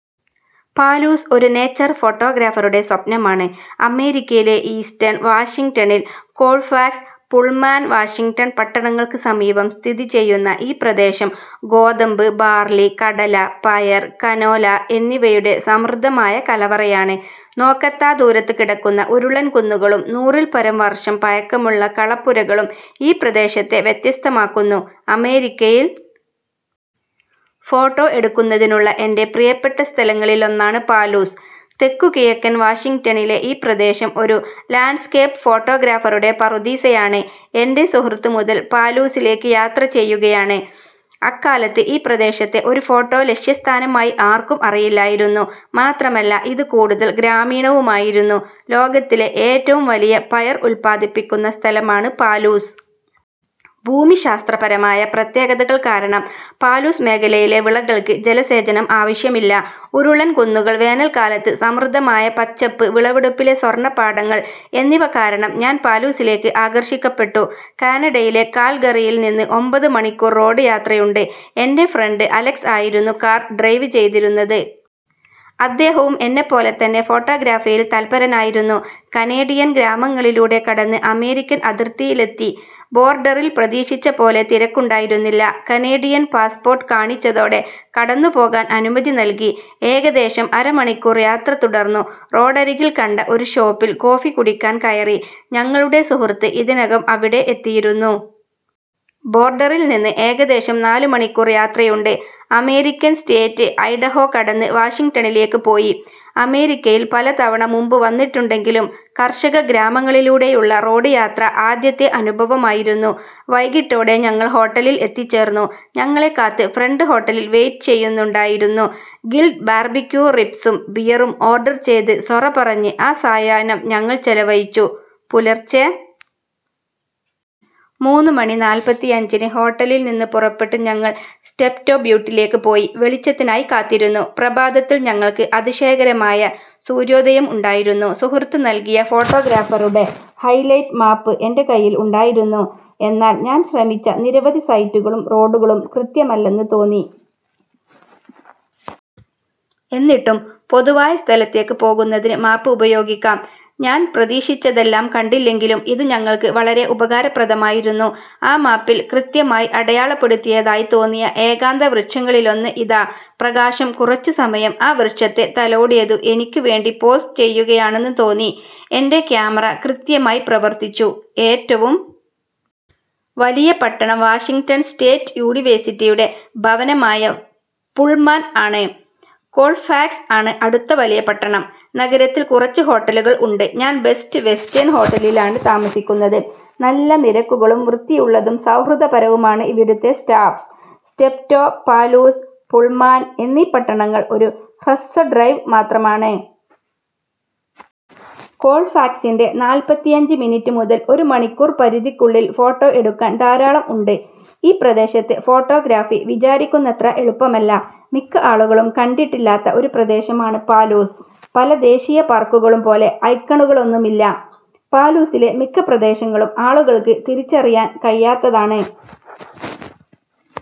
Palouse ഒരു nature ഫോട്ടോഗ്രാഫറുടെ സ്വപ്നമാണ്. അമേരിക്കയിലെ ഈസ്റ്റേൺ വാഷിംഗ്ടണിൽ കോൾഫാക്സ്, പുൾമാൻ വാഷിംഗ്ടൺ പട്ടണങ്ങൾക്ക് സമീപം സ്ഥിതിചെയ്യുന്ന ഈ പ്രദേശം ഗോതമ്പ്, ബാർലി, കടല, പയർ, കനോല എന്നിവയുടെ സമൃദ്ധമായ കലവറയാണ്. നോക്കെത്താ ദൂരത്തുകിടക്കുന്ന ഉരുളൻ കുന്നുകളും നൂറിൽപരം വർഷം പഴക്കമുള്ള കളപ്പുരകളും ഈ പ്രദേശത്തെ വ്യത്യസ്തമാക്കുന്നു. അമേരിക്കയിൽ ഫോട്ടോ എടുക്കുന്നതിനുള്ള എൻ്റെ പ്രിയപ്പെട്ട സ്ഥലങ്ങളിലൊന്നാണ് പാലൂസ്. തെക്കുകിഴക്കൻ വാഷിംഗ്ടണിലെ ഈ പ്രദേശം ഒരു ലാൻഡ്സ്കേപ്പ് ഫോട്ടോഗ്രാഫറുടെ പറുദീസയാണ്. എൻ്റെ സുഹൃത്ത് മുതൽ പാലൂസിലേക്ക് യാത്ര ചെയ്യുകയാണ്. അക്കാലത്ത് ഈ പ്രദേശത്തെ ഒരു ഫോട്ടോ ലക്ഷ്യസ്ഥാനമായി ആർക്കും അറിയില്ലായിരുന്നു. മാത്രമല്ല ഇത് കൂടുതൽ ഗ്രാമീണവുമായിരുന്നു. ലോകത്തിലെ ഏറ്റവും വലിയ പയർ ഉത്പാദിപ്പിക്കുന്ന സ്ഥലമാണ് പാലൂസ്. ഭൂമിശാസ്ത്രപരമായ പ്രത്യേകതകൾ കാരണം പാലൂസ് മേഖലയിലെ വിളകൾക്ക് ജലസേചനം ആവശ്യമില്ല. ഉരുളൻ കുന്നുകൾ വേനൽക്കാലത്ത് സമൃദ്ധമായ പച്ചപ്പ് വിളവെടുപ്പിലെ സ്വർണ പാടങ്ങൾ എന്നിവ കാരണം ഞാൻ പാലൂസിലേക്ക് ആകർഷിക്കപ്പെട്ടു. കാനഡയിലെ കാൽഗറിയിൽ നിന്ന് ഒമ്പത് മണിക്കൂർ റോഡ് യാത്രയുണ്ട്. എൻ്റെ ഫ്രണ്ട് അലക്സ് ആയിരുന്നു കാർ ഡ്രൈവ് ചെയ്തിരുന്നത്. അദ്ദേഹവും എന്നെപ്പോലെ തന്നെ ഫോട്ടോഗ്രാഫിയിൽ തൽപരനായിരുന്നു. കനേഡിയൻ ഗ്രാമങ്ങളിലൂടെ കടന്ന് അമേരിക്കൻ അതിർത്തിയിലെത്തി. ബോർഡറിൽ പ്രതീക്ഷിച്ചപോലെ തിരക്കുണ്ടായിരുന്നില്ല. കനേഡിയൻ പാസ്പോർട്ട് കാണിച്ചതോടെ കടന്നുപോകാൻ അനുമതി നൽകി. ഏകദേശം അര മണിക്കൂർ യാത്ര തുടർന്നു. റോഡരികിൽ കണ്ട ഒരു ഷോപ്പിൽ കോഫി കുടിക്കാൻ കയറി. ഞങ്ങളുടെ സുഹൃത്ത് ഇതിനകം അവിടെ എത്തിയിരുന്നു. ബോർഡറിൽ നിന്ന് ഏകദേശം നാല് മണിക്കൂർ യാത്രയുണ്ട്. അമേരിക്കൻ സ്റ്റേറ്റ് ഐഡഹോ കടന്ന് വാഷിംഗ്ടണിലേക്ക് പോയി. അമേരിക്കയിൽ പലതവണ മുമ്പ് വന്നിട്ടുണ്ടെങ്കിലും കർഷക ഗ്രാമങ്ങളിലൂടെയുള്ള റോഡ് യാത്ര ആദ്യത്തെ അനുഭവമായിരുന്നു. വൈകിട്ടോടെ ഞങ്ങൾ ഹോട്ടലിൽ എത്തിച്ചേർന്നു. ഞങ്ങളെ കാത്ത് ഫ്രണ്ട് ഹോട്ടലിൽ വെയിറ്റ് ചെയ്യുന്നുണ്ടായിരുന്നു. ഗ്രിൽഡ് ബാർബിക്യു റിബ്സും ബിയറും ഓർഡർ ചെയ്ത് സൊറ പറഞ്ഞ് ആ സായാഹ്നം ഞങ്ങൾ ചെലവഴിച്ചു. പുലർച്ചെ മൂന്ന് മണി നാൽപ്പത്തിയഞ്ചിന് ഹോട്ടലിൽ നിന്ന് പുറപ്പെട്ട് ഞങ്ങൾ സ്റ്റെപ്റ്റോ ബ്യൂട്ടിലേക്ക് പോയി വെളിച്ചത്തിനായി കാത്തിരുന്നു. പ്രഭാതത്തിൽ ഞങ്ങൾക്ക് അതിശയകരമായ സൂര്യോദയം ഉണ്ടായിരുന്നു. സുഹൃത്ത് നൽകിയ ഫോട്ടോഗ്രാഫറുടെ ഹൈലൈറ്റ് മാപ്പ് എൻ്റെ കയ്യിൽ ഉണ്ടായിരുന്നു. എന്നാൽ ഞാൻ ശ്രമിച്ച നിരവധി സൈറ്റുകളും റോഡുകളും കൃത്യമല്ലെന്ന് തോന്നുന്നു. എന്നിട്ടും പൊതുവായ സ്ഥലത്തേക്ക് പോകുന്നതിന് മാപ്പ് ഉപയോഗിക്കാം. ഞാൻ പ്രതീക്ഷിച്ചതെല്ലാം കണ്ടില്ലെങ്കിലും ഇത് ഞങ്ങൾക്ക് വളരെ ഉപകാരപ്രദമായിരുന്നു.ആ മാപ്പിൽ കൃത്യമായി അടയാളപ്പെടുത്തിയതായി തോന്നിയ ഏകാന്ത വൃക്ഷങ്ങളിലൊന്ന് ഇതാ. പ്രകാശം കുറച്ചുസമയം ആ വൃക്ഷത്തെ തലോടിയതു എനിക്ക് വേണ്ടി പോസ് ചെയ്യുകയാണെന്ന് തോന്നി. എൻ്റെ ക്യാമറ കൃത്യമായി പ്രവർത്തിച്ചു. ഏറ്റവും വലിയ പട്ടണം വാഷിംഗ്ടൺ സ്റ്റേറ്റ് യൂണിവേഴ്സിറ്റിയുടെ ഭവനമായ പുൾമാൻ ആണ്. കോൾഫാക്സ് ആണ് അടുത്ത വലിയ പട്ടണം. നഗരത്തിൽ കുറച്ച് ഹോട്ടലുകൾ ഉണ്ട്. ഞാൻ ബെസ്റ്റ് വെസ്റ്റേൺ ഹോട്ടലിലാണ് താമസിക്കുന്നത്. നല്ല നിരക്കുകളും വൃത്തിയുള്ളതും സൗഹൃദപരവുമാണ് ഇവിടുത്തെ സ്റ്റാഫ്സ്. സ്റ്റെപ്റ്റോ, പാലൂസ്, പുൾമാൻ എന്നീ പട്ടണങ്ങൾ ഒരു ഹ്രസ്വ ഡ്രൈവ് മാത്രമാണ്. കോൾഫാക്സിൻ്റെ നാൽപ്പത്തിയഞ്ച് മിനിറ്റ് മുതൽ ഒരു മണിക്കൂർ പരിധിക്കുള്ളിൽ ഫോട്ടോ എടുക്കാൻ ധാരാളം ഉണ്ട്.ഈ പ്രദേശത്തെ ഫോട്ടോഗ്രാഫി വിചാരിക്കുന്നത്ര എളുപ്പമല്ല. മിക്ക ആളുകളും കണ്ടിട്ടില്ലാത്ത ഒരു പ്രദേശമാണ് പാലൂസ്. പല ദേശീയ പാർക്കുകളും പോലെ ഐക്കണുകളൊന്നുമില്ല. പാലൂസിലെ മിക്ക പ്രദേശങ്ങളും ആളുകൾക്ക് തിരിച്ചറിയാൻ കഴിയാത്തതാണ്.